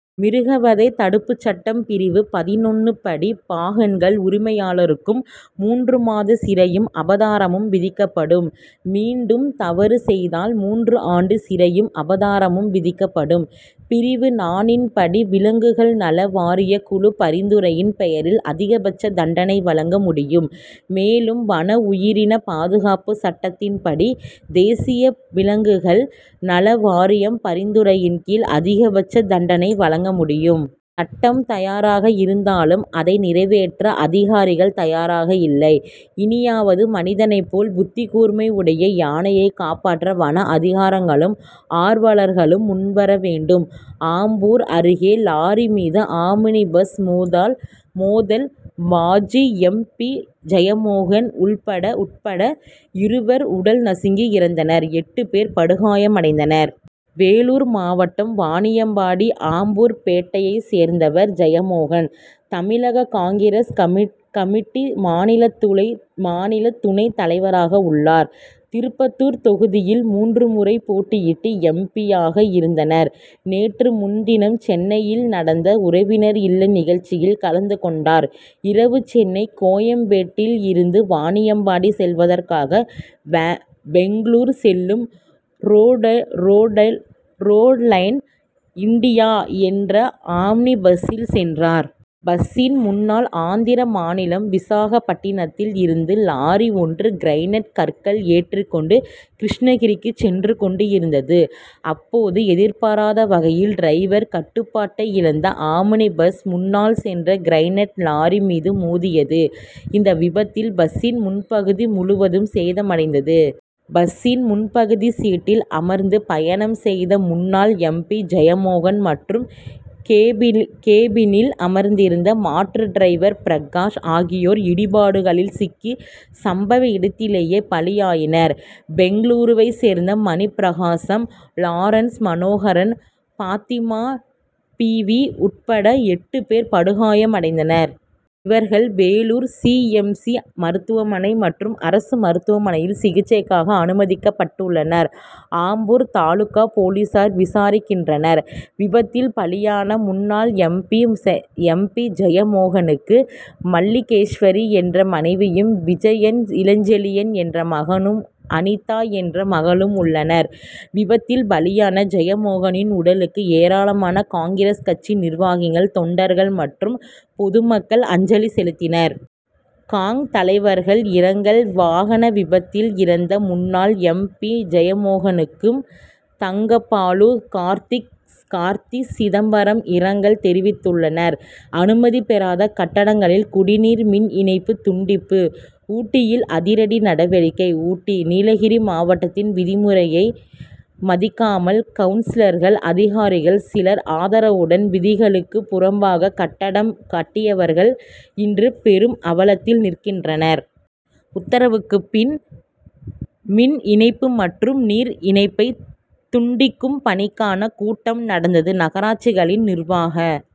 மிருகவதை தடுப்புச்சட்டம் பிரிவு பதினொன்னு படி, பாகன்கள், உரிமையாளருக்கு மூன்று மாத சிறையும், அபதாரமும் விதிக்கப்படும். மீண்டும் தவறு செய்தால் மூன்று ஆண்டு சிறையும், அபதாரமும் விதிக்கப்படும். பிரிவு நான்கின் படி, விலங்குகள் நல வாரிய குழு பரிந்துரையின் பெயரில் அதிகபட்ச தண்டனை வழங்க முடியும். மேலும் வனஉயிரின பாதுகாப்பு சட்டத்தின்படி, தேசிய விலங்குகள் நல வாரியம் பரிந்துரையின்கீழ் அதிகபட்ச தண்டனை வழங்க முடியும். சட்டம் தயாராக இருந்தாலும், அதை நிறைவேற்ற அதிகாரிகள் தயாராக இல்லை. இனியாவது மனிதனை போல் புத்திகூர்மை உடைய யானையை காப்பாற்ற வன அதிகாரங்களும், ஆர்வலர்களும் முன்வரவேண்டும். ஆம்பூர் அருகே லாரி மீது ஆம்னி பஸ் மோதல் மாஜி எம். பி., ஜெயமோகன் உட்பட இருவர் உடல் நசுங்கி இறந்தனர்; எட்டு பேர் படுகாயமடைந்தனர். வேலூர் மாவட்டம் வாணியம்பாடி ஆம்பூர்பேட்டையைச் சேர்ந்தவர் ஜெயமோகன்; தமிழக காங்கிரஸ் கமிட்டி கமிட்டி மாநில துணை மாநில துணை தலைவராக உள்ளார். திருப்பத்தூர் தொகுதியில் மூன்று முறை போட்டியிட்டு எம். பி.,யாக இருந்தார். நேற்று முன்தினம் சென்னையில் நடந்த உறவினர் இல்ல நிகழ்ச்சியில் கலந்து கொண்டார். இரவு சென்னை கோயம்பேட்டில் இருந்து வாணியம்பாடி செல்வதற்காக பெங்ளூர் செல்லும், "ரோடுலைன் இண்டியா' என்ற ஆம்னி பஸ்சில் சென்றார். பஸ்சின் முன்னால் ஆந்திர மாநிலம் விசாகப்பட்டினத்தில் இருந்து லாரி ஒன்று கிரானைட் கற்கள் ஏற்றி கொண்டு கிருஷ்ணகிரிக்கு சென்று கொண்டிருந்தது. அப்போது எதிர்பாராத வகையில், டிரைவர் கட்டுப்பாட்டை இழந்த ஆம்னி பஸ், முன்னால் சென்ற கிரானைட் லாரி மீது மோதியது. இந்த விபத்தில் பஸ்சின் முன்பகுதி முழுவதும் சேதமடைந்தது. பஸ்சின் முன்பகுதி சீட்டில் அமர்ந்து பயணம் செய்த முன்னாள் எம். பி., ஜெயமோகன் மற்றும் கேபினில் அமர்ந்திருந்த மாற்று டிரைவர் பிரகாஷ் ஆகியோர் இடிபாடுகளில் சிக்கி சம்பவ இடத்திலேயே பலியாயினர். பெங்களூருவைச் சேர்ந்த மணி பிரகாசம் லாரன்ஸ் மனோகரன் பாத்திமாபீவி உட்பட எட்டு பேர் படுகாயமடைந்தனர். இவர்கள், வேலூர் சி. எம். சி., மருத்துவமனை மற்றும் அரசு மருத்துவமனையில் சிகிச்சைக்காக அனுமதிக்கப்பட்டுள்ளனர். ஆம்பூர் தாலுகா போலீசார் விசாரிக்கின்றனர். விபத்தில் பலியான முன்னாள் எம். P., M. பி., ஜெயமோகனுக்கு, மல்லிகேஸ்வரி என்ற மனைவியும், விஜய் இளஞ்செழியன் என்ற மகனும், அனிதா என்ற மகளும் உள்ளனர். விபத்தில் பலியான ஜெயமோகனின் உடலுக்கு ஏராளமான காங்கிரஸ் கட்சி நிர்வாகிகள், தொண்டர்கள் மற்றும் பொதுமக்கள் அஞ்சலி செலுத்தினர். காங்., தலைவர்கள் இரங்கல்: வாகன விபத்தில் இறந்த முன்னாள் எம். பி., ஜெயமோகனுக்கு தங்கபாலு, கார்த்திக் கார்த்தி சிதம்பரம் இரங்கல் தெரிவித்துள்ளனர். அனுமதி பெறாத கட்டடங்களில் குடிநீர், மின் இணைப்பு துண்டிப்பு: ஊட்டியில் அதிரடி நடவடிக்கை ஊட்டி:நீலகிரி மாவட்டத்தில், விதிமுறையை மதிக்காமல், கவுன்சிலர்கள், அதிகாரிகள் சிலர் ஆதரவுடன் விதிகளுக்கு புறம்பாக கட்டடம் கட்டியவர்கள், இன்று பெரும் அவலத்தில் நிற்கின்றனர். உத்தரவுக்கு பின், மின் இணைப்பு மற்றும் நீர் இணைப்பை துண்டிக்கும் பணிக்கான கூட்டம் நடந்தது. நகராட்சிகளின் நிர்வாக